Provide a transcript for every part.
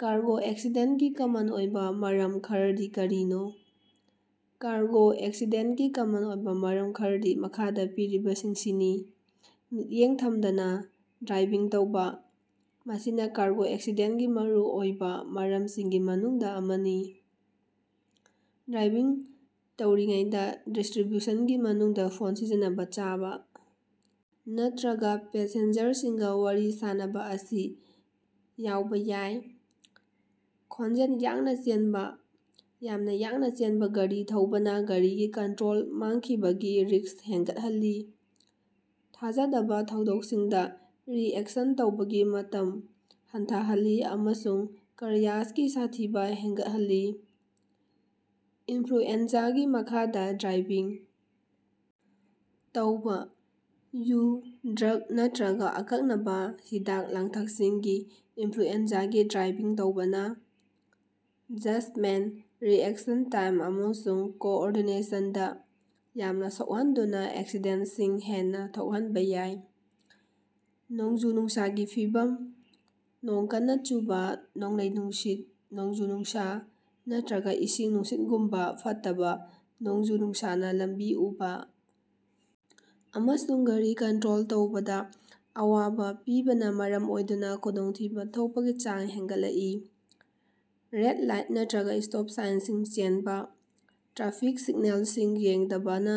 Cargo ꯑꯦꯛꯁꯤꯗꯦꯟꯇꯀꯤ common ꯑꯣꯏꯕ ꯃꯔꯝ ꯈꯔꯗꯤ ꯀꯔꯤꯅꯣ? ꯀꯥꯔꯒꯣ ꯑꯦꯛꯁꯤꯗꯦꯟꯇꯀꯤ ꯀꯃꯟ ꯑꯣꯏꯕ ꯃꯔꯝ ꯈꯔꯗꯤ ꯃꯈꯥꯗ ꯄꯤꯔꯤꯕꯁꯤꯡꯁꯤꯅꯤ: ꯃꯤꯠꯌꯦꯡ ꯊꯝꯗꯅ ꯗ꯭ꯔꯥꯏꯚꯤꯡ ꯇꯧꯕ: ꯃꯁꯤꯅ ꯀꯥꯔꯒꯣ ꯑꯦꯛꯁꯤꯗꯦꯟꯇꯀꯤ ꯃꯔꯨꯑꯣꯏꯕ ꯃꯔꯝꯁꯤꯡꯒꯤ ꯃꯅꯨꯡꯗ ꯑꯃꯅꯤ꯫ ꯗ꯭ꯔꯥꯏꯚꯤꯡ ꯇꯧꯔꯤꯉꯩꯗ ꯗꯤꯁꯇ꯭ꯔꯤꯕ꯭ꯌꯨꯁꯟꯁꯤꯡꯒꯤ ꯃꯅꯨꯡꯗ ꯐꯣꯟ ꯁꯤꯖꯤꯟꯅꯕ, ꯆꯥꯕ ꯅꯠꯇ꯭ꯔꯒ ꯄꯦꯁꯦꯟꯖꯔꯁꯤꯡꯒ ꯋꯥꯔꯤ ꯁꯥꯅꯕ ꯑꯁꯤ ꯌꯥꯎꯕ ꯌꯥꯏ꯫ ꯈꯣꯡꯖꯦꯜ ꯌꯥꯡꯅ ꯆꯦꯟꯕ: ꯌꯥꯝꯅ ꯌꯥꯡꯅ ꯆꯦꯟꯕ ꯒꯥꯔꯤ ꯊꯧꯕꯅ ꯒꯥꯔꯤꯒꯤ ꯀꯟꯇ꯭ꯔꯣꯜ ꯃꯥꯡꯈꯤꯕꯒꯤ ꯔꯤꯁ꯭ꯛ ꯍꯦꯟꯒꯠꯍꯜꯂꯤ, ꯊꯥꯖꯗꯕ ꯊꯧꯗꯣꯛꯁꯤꯡꯗ ꯔꯤꯑꯦꯛꯁꯟ ꯇꯧꯕꯒꯤ ꯃꯇꯝ ꯍꯟꯊꯍꯜꯂꯤ ꯑꯃꯁꯨꯡ ꯀ꯭ꯔꯌꯥꯁꯀꯤ ꯁꯥꯊꯤꯕ ꯍꯦꯟꯒꯠꯍꯜꯂꯤ꯫ ꯏꯟꯐ꯭ꯂꯨꯑꯦꯟꯖꯥꯒꯤ ꯃꯈꯥꯗ ꯗ꯭ꯔꯥꯏꯚꯤꯡ ꯇꯧꯕꯥ: ꯌꯨ, ꯗ꯭ꯔꯒ ꯅꯠꯇ꯭ꯔꯒ ꯑꯀꯛꯅꯕ ꯍꯤꯗꯥꯛ-ꯂꯥꯡꯊꯛꯁꯤꯡꯒꯤ ꯏꯟꯐ꯭ꯂꯨꯑꯦꯟꯖꯥꯗ ꯗ꯭ꯔꯥꯏꯚꯤꯡ ꯇꯧꯕꯅ ꯖꯖꯃꯦꯟꯇ, ꯔꯤꯑꯦꯛꯁꯟ ꯇꯥꯏꯝ ꯑꯃꯁꯨꯡ ꯀꯣꯑꯣꯔꯗꯤꯅꯦꯁꯟꯗ ꯌꯥꯝꯅ ꯁꯣꯛꯍꯟꯗꯨꯅ ꯑꯦꯛꯁꯤꯗꯦꯟꯇꯁꯤꯡ ꯍꯦꯟꯅ ꯊꯣꯛꯍꯟꯕ ꯌꯥꯏ꯫ ꯅꯣꯡꯖꯨ-ꯅꯨꯡꯁꯥꯒꯤ ꯐꯤꯚꯝ: ꯅꯣꯡ ꯀꯟꯅ ꯆꯨꯕ, ꯅꯣꯡꯂꯩ-ꯅꯨꯡꯁꯤꯠ, ꯅꯣꯡꯖꯨ-ꯅꯨꯡꯁꯥ, ꯅꯠꯇ꯭ꯔꯒ ꯏꯁꯤꯡ-ꯅꯨꯡꯁꯤꯠꯒꯨꯝꯕ ꯐꯠꯇꯕ ꯅꯣꯡꯖꯨ-ꯅꯨꯡꯁꯥꯅ ꯂꯝꯕꯤ ꯎꯕ ꯑꯃꯁꯨꯡ ꯒꯥꯔꯤ ꯀꯟꯇ꯭ꯔꯣꯜ ꯇꯧꯕꯗ ꯑꯋꯥꯕ ꯄꯤꯕꯅ ꯃꯔꯝ ꯑꯣꯏꯗꯨꯅ ꯈꯨꯗꯣꯡꯊꯤꯕ ꯊꯣꯛꯄꯒꯤ ꯆꯥꯡ ꯍꯦꯟꯒꯠꯂꯛꯏ꯫ ꯔꯦꯗ ꯂꯥꯏꯠ ꯅꯠꯇ꯭ꯔꯒ ꯁ꯭ꯇꯣꯞ ꯁꯥꯏꯟꯁꯤꯡ ꯆꯦꯟꯕ: ꯇ꯭ꯔꯥꯐꯤꯛ ꯁꯤꯒꯅꯦꯜꯁꯤꯡ ꯌꯦꯡꯗꯕꯅ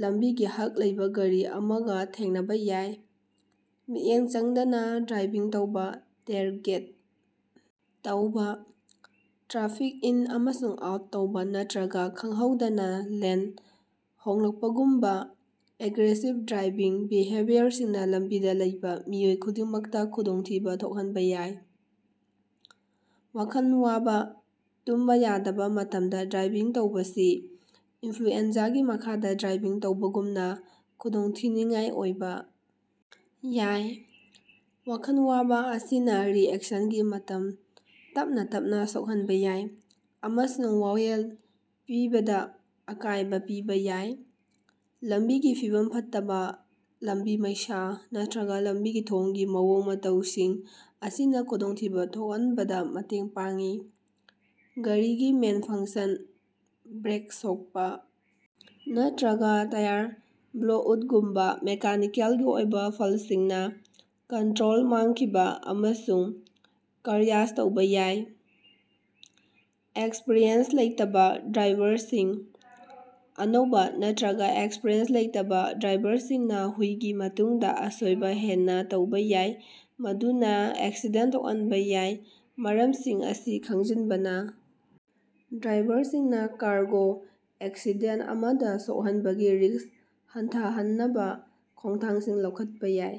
ꯂꯝꯕꯤꯒꯤ ꯍꯛ ꯂꯩꯕ ꯒꯥꯔꯤ ꯑꯃꯒ ꯊꯦꯡꯅꯕ ꯌꯥꯏ꯫ ꯃꯤꯠꯌꯦꯡ ꯆꯪꯗꯅ ꯗ꯭ꯔꯥꯏꯚꯤꯡ ꯇꯧꯕ: ꯇꯦꯔꯒꯦꯠ ꯇꯧꯕ, ꯇ꯭ꯔꯥꯐꯤꯛ ꯏꯟ ꯑꯃꯁꯨꯡ ꯑꯥꯎꯠ ꯇꯧꯕ ꯅꯠꯇ꯭ꯔꯒ ꯈꯪꯍꯧꯗꯅ ꯂꯦꯟ ꯍꯣꯡꯂꯛꯄꯒꯨꯝꯕ ꯑꯦꯒ꯭ꯔꯦꯁꯤꯚ ꯗ꯭ꯔꯥꯏꯚꯤꯡ ꯕꯤꯍꯦꯕꯤꯌꯔꯁꯤꯡꯅ ꯂꯝꯕꯤꯗ ꯂꯩꯕ ꯃꯤꯑꯣꯏ ꯈꯨꯗꯤꯡꯃꯛꯇ ꯈꯨꯗꯣꯡꯊꯤꯕ ꯊꯣꯛꯍꯟꯕ ꯌꯥꯏ꯫ ꯋꯥꯈꯜ ꯋꯥꯕ: ꯇꯨꯝꯕ ꯌꯥꯗꯕ ꯃꯇꯝꯗ ꯗ꯭ꯔꯥꯏꯚꯤꯡ ꯇꯧꯕꯁꯤ ꯏꯟꯐ꯭ꯂꯨꯑꯦꯟꯖꯥꯒꯤ ꯃꯈꯥꯗ ꯗ꯭ꯔꯥꯏꯚꯤꯡ ꯇꯧꯕꯒꯨꯝꯅ ꯈꯨꯗꯣꯡꯊꯤꯅꯤꯉꯥꯏ ꯑꯣꯏꯕ ꯌꯥꯏ꯫ ꯋꯥꯈꯜ ꯋꯥꯕ ꯑꯁꯤꯅ ꯔꯤꯑꯦꯛꯁꯟꯒꯤ ꯃꯇꯝ ꯇꯞꯅ ꯇꯞꯅ ꯁꯣꯛꯍꯟꯕ ꯌꯥꯏ ꯑꯃꯁꯨꯡ ꯋꯥꯌꯦꯜ ꯄꯤꯕꯗ ꯑꯀꯥꯌꯕ ꯄꯤꯕ ꯌꯥꯏ꯫ ꯂꯝꯕꯤꯒꯤ ꯐꯤꯚꯝ ꯐꯠꯇꯕ: ꯂꯝꯕꯤ, ꯃꯩꯁꯥ, ꯅꯠꯇ꯭ꯔꯒꯥ ꯂꯝꯕꯤ-ꯊꯣꯡꯒꯤ ꯃꯑꯣꯡ-ꯃꯇꯧꯁꯤꯡ ꯑꯁꯤꯅ ꯈꯨꯗꯣꯡꯊꯤꯕ ꯊꯣꯛꯍꯟꯕꯗ ꯃꯇꯦꯡ ꯄꯥꯡꯏ꯫ ꯒꯥꯔꯤꯒꯤ ꯃꯦꯟꯐꯪꯁꯟ: ꯕ꯭ꯔꯦꯛ ꯁꯣꯛꯄ ꯅꯠꯇ꯭ꯔꯒ ꯇꯌꯥꯔ ꯕ꯭ꯂꯣꯎꯠꯒꯨꯝꯕ ꯃꯦꯀꯥꯅꯤꯀꯦꯜꯒꯤ ꯑꯣꯏꯕ ꯐꯜꯁꯤꯡꯅ ꯀꯟꯇ꯭ꯔꯣꯜ ꯃꯥꯡꯈꯤꯕ ꯑꯃꯁꯨꯡ ꯀ꯭ꯔꯌꯥꯁ ꯇꯧꯕ ꯌꯥꯏ꯫ ꯑꯦꯛꯁꯄꯤꯔꯤꯑꯦꯟꯁ ꯂꯩꯇꯕ ꯗ꯭ꯔꯥꯏꯚꯔꯁꯤꯡ: ꯑꯅꯧꯕ ꯅꯠꯇ꯭ꯔꯒ ꯑꯦꯛꯁꯄꯤꯔꯤꯑꯦꯟꯁ ꯂꯩꯇꯕ ꯗ꯭ꯔꯥꯏꯚꯔꯁꯤꯡꯅ ꯍꯨꯏꯒꯤ ꯃꯇꯨꯡꯗ ꯑꯁꯣꯏꯕ ꯍꯦꯟꯅ ꯇꯧꯕ ꯌꯥꯏ ꯃꯗꯨꯅ ꯑꯦꯛꯁꯤꯗꯦꯟꯇ ꯊꯣꯜꯍꯟꯕ ꯌꯥꯏ꯫ ꯃꯔꯝꯁꯤꯡ ꯑꯁꯤ ꯈꯪꯖꯤꯟꯕꯅ ꯗ꯭ꯔꯥꯏꯚꯔꯁꯤꯡꯅ ꯀꯥꯔꯒꯣ ꯑꯦꯛꯁꯤꯗꯦꯟꯇ ꯑꯃꯗ ꯁꯣꯛꯍꯟꯕꯒꯤ ꯔꯤꯁ꯭ꯛ ꯍꯟꯊꯍꯟꯅꯕ ꯈꯣꯡꯊꯥꯡꯁꯤꯡ ꯂꯧꯈꯠꯄ ꯌꯥꯏ꯫